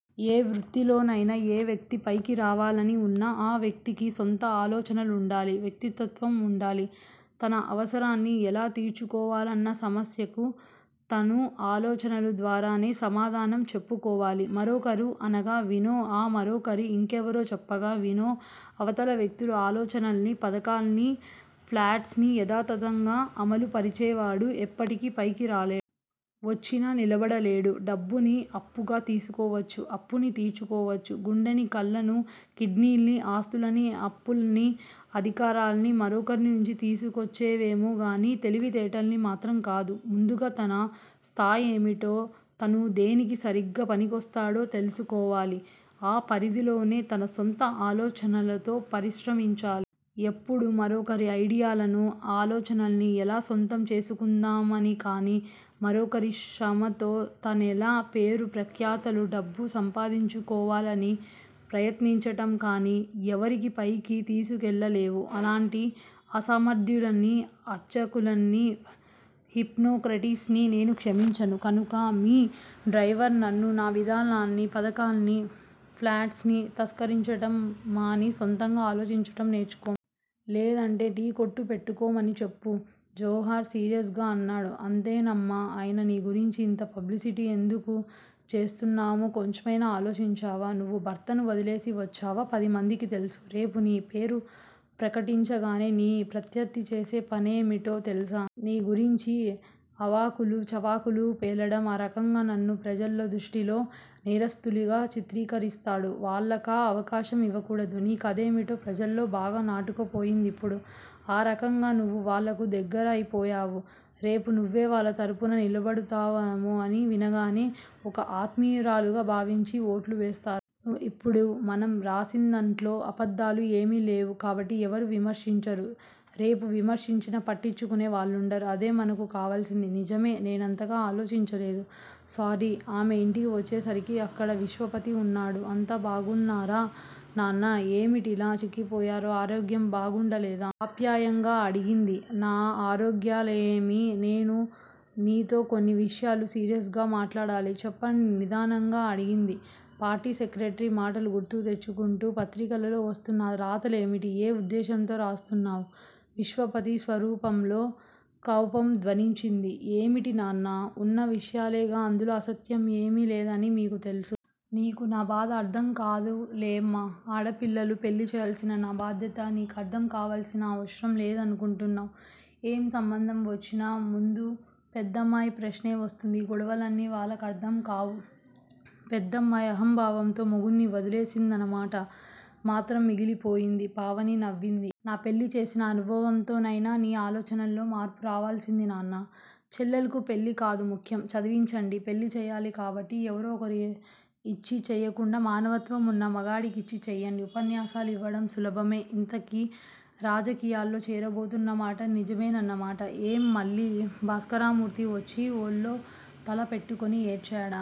ఏ వృత్తిలోనైనా, ఏ వ్యక్తి పైకి రావాలని ఉన్నా ఆ వ్యక్తికి సొంత ఆలోచనలుండాలి వ్యక్తితత్వఉండాలి. తన అవసరాన్ని ఎలా తీర్చుకోవాలన్న సమస్యకు తను ఆలోచనల ద్వారానే సమాధానం చెప్పుకోవాలి. మరొకరు అనగా వినో, ఆ మరొకరి గురించి ఇంకెవరో చెప్పగా వినో అవతల వ్యక్తుల ఆలోచనల్ని, పథకాల్ని, ఫ్లాట్స్ ని యధాతధంగా అమలుపరిచేవాడు ఎప్పటికీ పైకి రాలేడు. వచ్చినా నిలబడలేడు. డబ్బుని అప్పుగా తీసుకోవచ్చు. అప్పుని తీర్చుకోవచ్చు. గుండెని, కళ్ళను, కిడ్నీల్ని, ఆస్తుల్ని, అప్పుల్ని, అధికారాల్ని మరొకరి నుంచి తీసుకోవచ్చేమో కాని తెలివితేటల్ని మాత్రం కాదు. ముందుగా తన స్థాయేమిటో తను దేనికి సరిగ్గా పనికొస్తాడో తెలుసుకోవాలి. ఆ పరిధిలోనే తన సొంత ఆలోచనలతో పరిశ్రమించాలి. ఎప్పుడూ మరొకరి ఐడియాలను, ఆలోచనల్ని ఎలా సొంతం చేసుకుందామనికాని, మరొకరి శ్రమతో తనెలా పేరు ప్రఖ్యాతులు, డబ్బు సంపాదించుకోవాలని ప్రయత్నించటం కాని ఎవరినీ పైకి తీసుకెళ్ళలేవు. అలాంటి అసమర్ధుల్ని, అర్భకుల్ని, హిపోక్రాట్స్ ని నేను క్షమించను. కనుక మీ డ్రైవర్ నన్ను, నా విధానాల్ని, పధకాల్ని, ప్లాట్స్ ని తస్కరించటం మాని సొంతంగా ఆలోచించటం నేర్చుకొ. లేదంటే టీ కొట్టు పెట్టుకోమని చెప్పు జోహ్రా సీరియస్ గా అన్నాడు. అంతేనమ్మా! అయినా నీ గురించి ఇంత పబ్లిసిటీ ఎందుకు చేస్తున్నామో కొంచెమైనా ఆలోచించావా? నువ్వు భర్తని వదిలేసి వచ్చావా పదిమందికీ తెలుసు. రేపు నీ పేరు ప్రకటించగానే నీ ప్రత్యర్ధి చేసే పనేమిటో తెలుసా? నీ గురించి అవాకులు చవాకులు పేలడం. ఆ రకంగా నన్ను ప్రజల దృష్టిలో నేరస్థురాలిగా చిత్రీకరిస్తాడు. వాళ్ళకా అవకాశం యివ్వకూడదు. నీ కథేమిటో ప్రజల్లో బాగా నాటుకుపోయిందిప్పుడు. ఆ రకంగా నువ్వు వాళ్ళకు దగ్గరయిపోయావు. రేపు నువ్వే వాళ్ళ తరపున నిలబడబోతవేమోనని వినగానే ఓ ఆత్మీయురాలిగా భావించి ఓట్లు వేస్తారు. ఇప్పుడు మనం రాసిందాంట్లో అబద్దాలు ఏమీ లేవు కాబట్టి ఎవరూ విమర్శించరు. రేపు విమర్శించినా పట్టించుకునే వాళ్ళుండరు. అదే మనకు కావాల్సింది. నిజమే! నేనంతగా ఆలోచించలేదు. సారీ ఆమె ఇంటికి వచ్చేసరికి అక్కడ విశ్వపతి వున్నాడు. అంతా బాగున్నారా నాన్నా? ఏమిటిలా చిక్కి పోయారు? ఆరోగ్యం బాగుండలేదా? ఆప్యాయంగా అడిగింది. నా ఆరోగ్యాకలేమి నేను నీతో కొన్ని విషయాలు సీరియస్ గా మాట్లాడాలి. చెప్పండి నిదానంగా అడిగింది పార్టీ సెక్రటరీ మాటలు గుర్తు తెచ్చుకుంటూ. పత్రికలల్లో వస్తున్న ఆ రాతలేమిటి? ఏ ఉద్దేశ్యంతో వ్రాస్తున్నావు? విశ్వపతి స్వరూపం కోపం ధ్వనించింది. ఏమిటి నాన్న? ఉన్న విషయాలేగా అందులో అసత్యం ఏమీ లేదనీ మీకూ తెలుసు. నీకు నా బాధ అర్ధం కాదులేమ్మా ఆడపిల్లలు పెళ్ళి చేయాల్సిన నా బాధ నీకర్ధం కావాల్సిన అవసరం లేదనుకుంటున్నావు. ఏ సంబంధం వచ్చినా ముందు పెద్దమ్మాయి ప్రశ్నే వస్తుంది. ఈ గొడవలన్నీ వాళ్ళకర్ధం కావు. పెద్దమ్మాయి అహంభావంతో మొగుడ్ని వదిలేసిందన్న మాట మాత్రం మిగిలిపోతుంది. పావని నవ్వింది. నా పెళ్ళి చేసిన అనుభవంతోనైనా నీ ఆలోచనల్లో మార్పు రావాల్సింది నాన్నా! చెల్లెళ్ళకు పెళ్ళికాదు ముఖ్యం. చదివించండి. పెళ్ళి చేయాలి కాబట్టి ఎవరో ఒకరికిచ్చి చేయకుండా మానవత్వం వున్న మగాడికిచ్చి చేయండి. ఉపన్యాసాలు ఇవ్వడం సులభమే. ఇంతకీ రాజకీయాల్లో చేరబోతున్నమాట నిజమేనన్నమాట? ఏం మళ్ళీ భాస్కరరామ్మూర్తి వచ్చి ఒళ్ళో తల పెట్టుకుని ఏడ్చాడా?